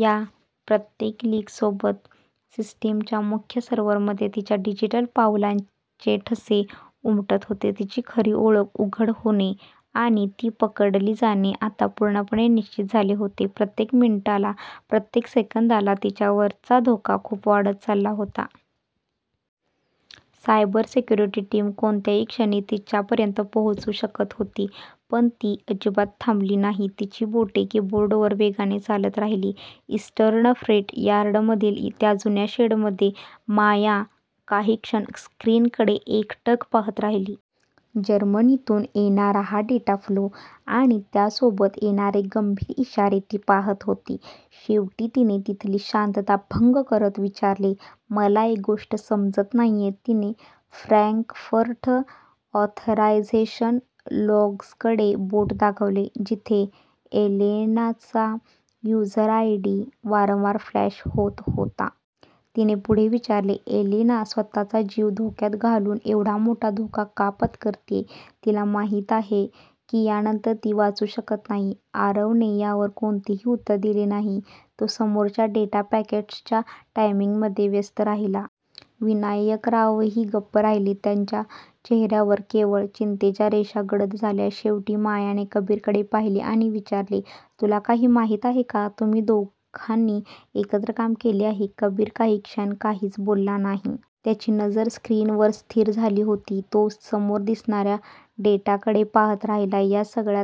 या प्रत्येक लीकसोबत सिस्टीमच्या मुख्य सर्व्हरमध्ये तिच्या डिजिटल पावलांचे ठसे उमटत होते. तिची खरी ओळख उघड होणे आणि ती पकडली जाणे आता पूर्णपणे निश्चित झाले होते. प्रत्येक मिनिटाला, प्रत्येक सेकंदाला तिच्यावरचा धोका खूप वाढत चालला होता. सायबर सिक्युरिटी टीम कोणत्याही क्षणी तिच्यापर्यंत पोहोचू शकत होती, पण ती अजिबात थांबली नाही. तिची बोटे किबोर्डवर वेगाने चालत राहिली. इस्टर्न फ्रेट यार्डमधील त्या जुन्या शेडमध्ये माया काही क्षण स्क्रीनकडे एकटक पाहत राहिली. जर्मनीतून येणारा हा डेटा फ्लो आणि त्यासोबत येणारे गंभीर इशारे ती पाहत होती. शेवटी तिने तिथली शांतता भंग करत विचारले, "मला एक गोष्ट समजत नाहीये. " तिने फ्रँकफर्ट ऑथरायझेशन लॉग्सकडे बोट दाखवले, जिथे एलेनाचा युझर आयडी वारंवार फ्लॅश होत होता. तिने पुढे विचारले, "एलेना स्वतःचा जीव धोक्यात घालून एवढा मोठा धोका का पत्करतेय? तिला माहीत आहे की यानंतर ती वाचू शकत नाही. " आरवने यावर कोणतेही उत्तर दिले नाही, तो समोरच्या डेटा पॅकेट्सच्या टायमिंगमध्ये व्यस्त राहिला. विनायकरावही गप्प राहिले, त्यांच्या चेहऱ्यावर केवळ चिंतेच्या रेषा गडद झाल्या. शेवटी मायाने कबीरकडे पाहिले आणि विचारले, "तुला काही माहिती आहे का? तुम्ही दोघांनी एकत्र काम केले आहे. " कबीर काही क्षण काहीच बोलला नाही. त्याची नजर स्क्रीनवर स्थिर झाली होती. तो समोर दिसणाऱ्या डेटाकडे पाहत राहिला. या सगळ्या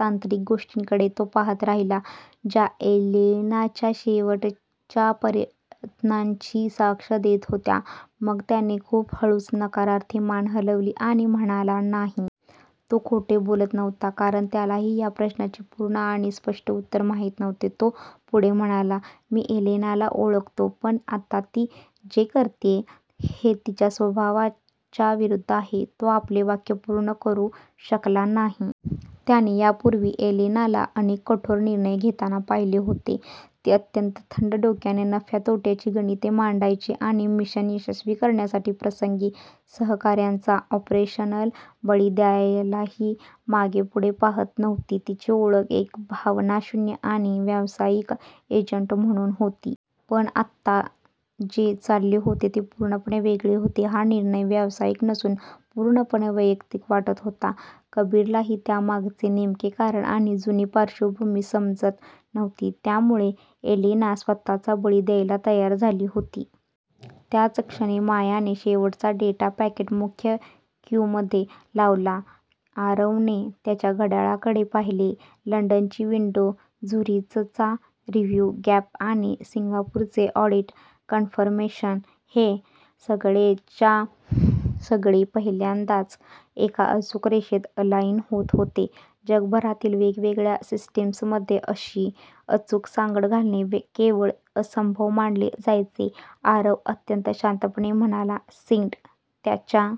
तांत्रिक गोष्टींकडे तो पाहत राहिला, ज्या एलेनाच्या शेवटच्या प्रयत्नांची साक्ष देत होत्या. मग त्याने खूप हळूच नकारार्थी मान हलवली आणि म्हणाला, "नाही. " तो खोटे बोलत नव्हता, कारण त्यालाही या प्रश्नाचे पूर्ण आणि स्पष्ट उत्तर माहीत नव्हते. तो पुढे म्हणाला, "मी एलेनाला ओळखतो, पण आत्ता ती जे करतेय, हे तिच्या स्वभावाच्या विरुद्ध आहे. " तो आपले वाक्य पूर्ण करू शकला नाही. त्याने यापूर्वी एलेनाला अनेक कठोर निर्णय घेताना पाहिले होते. ती अत्यंत थंड डोक्याने नफ्या-तोट्याची गणिते मांडायची आणि मिशन यशस्वी करण्यासाठी प्रसंगी सहकाऱ्यांचा ऑपरेशनल बळी द्यायलाही मागेपुढे पाहत नव्हती. तिची ओळख एक भावनाशून्य आणि व्यावसायिक एजंट म्हणून होती. पण आत्ता जे चालले होते ते पूर्णपणे वेगळे होते. हा निर्णय व्यावसायिक नसून पूर्णपणे वैयक्तिक वाटत होता. कबीरलाही त्यामागचे नेमके कारण आणि जुनी पार्श्वभूमी समजत नव्हती, ज्यामुळे एलेना स्वतःचा बळी द्यायला तयार झाली होती. त्याच क्षणी मायाने शेवटचा डेटा पॅकेट मुख्य क्यूमध्ये लावला. आरवने त्याच्या घड्याळाकडे पाहिले. लंडनची विंडो, झुरिचचा रिव्ह्यू गॅप आणि सिंगापूरचे ऑडिट कन्फर्मेशन... हे सगळेच्या सगळे पहिल्यांदाच एका अचूक रेषेत अलाईन होत होते. जगभरातील वेगवेगळ्या सिस्टीम्समध्ये अशी अचूक सांगड घालणे केवळ असंभव मानले जायचे. आरव अत्यंत शांतपणे म्हणाला, "सेंड. " त्याच्या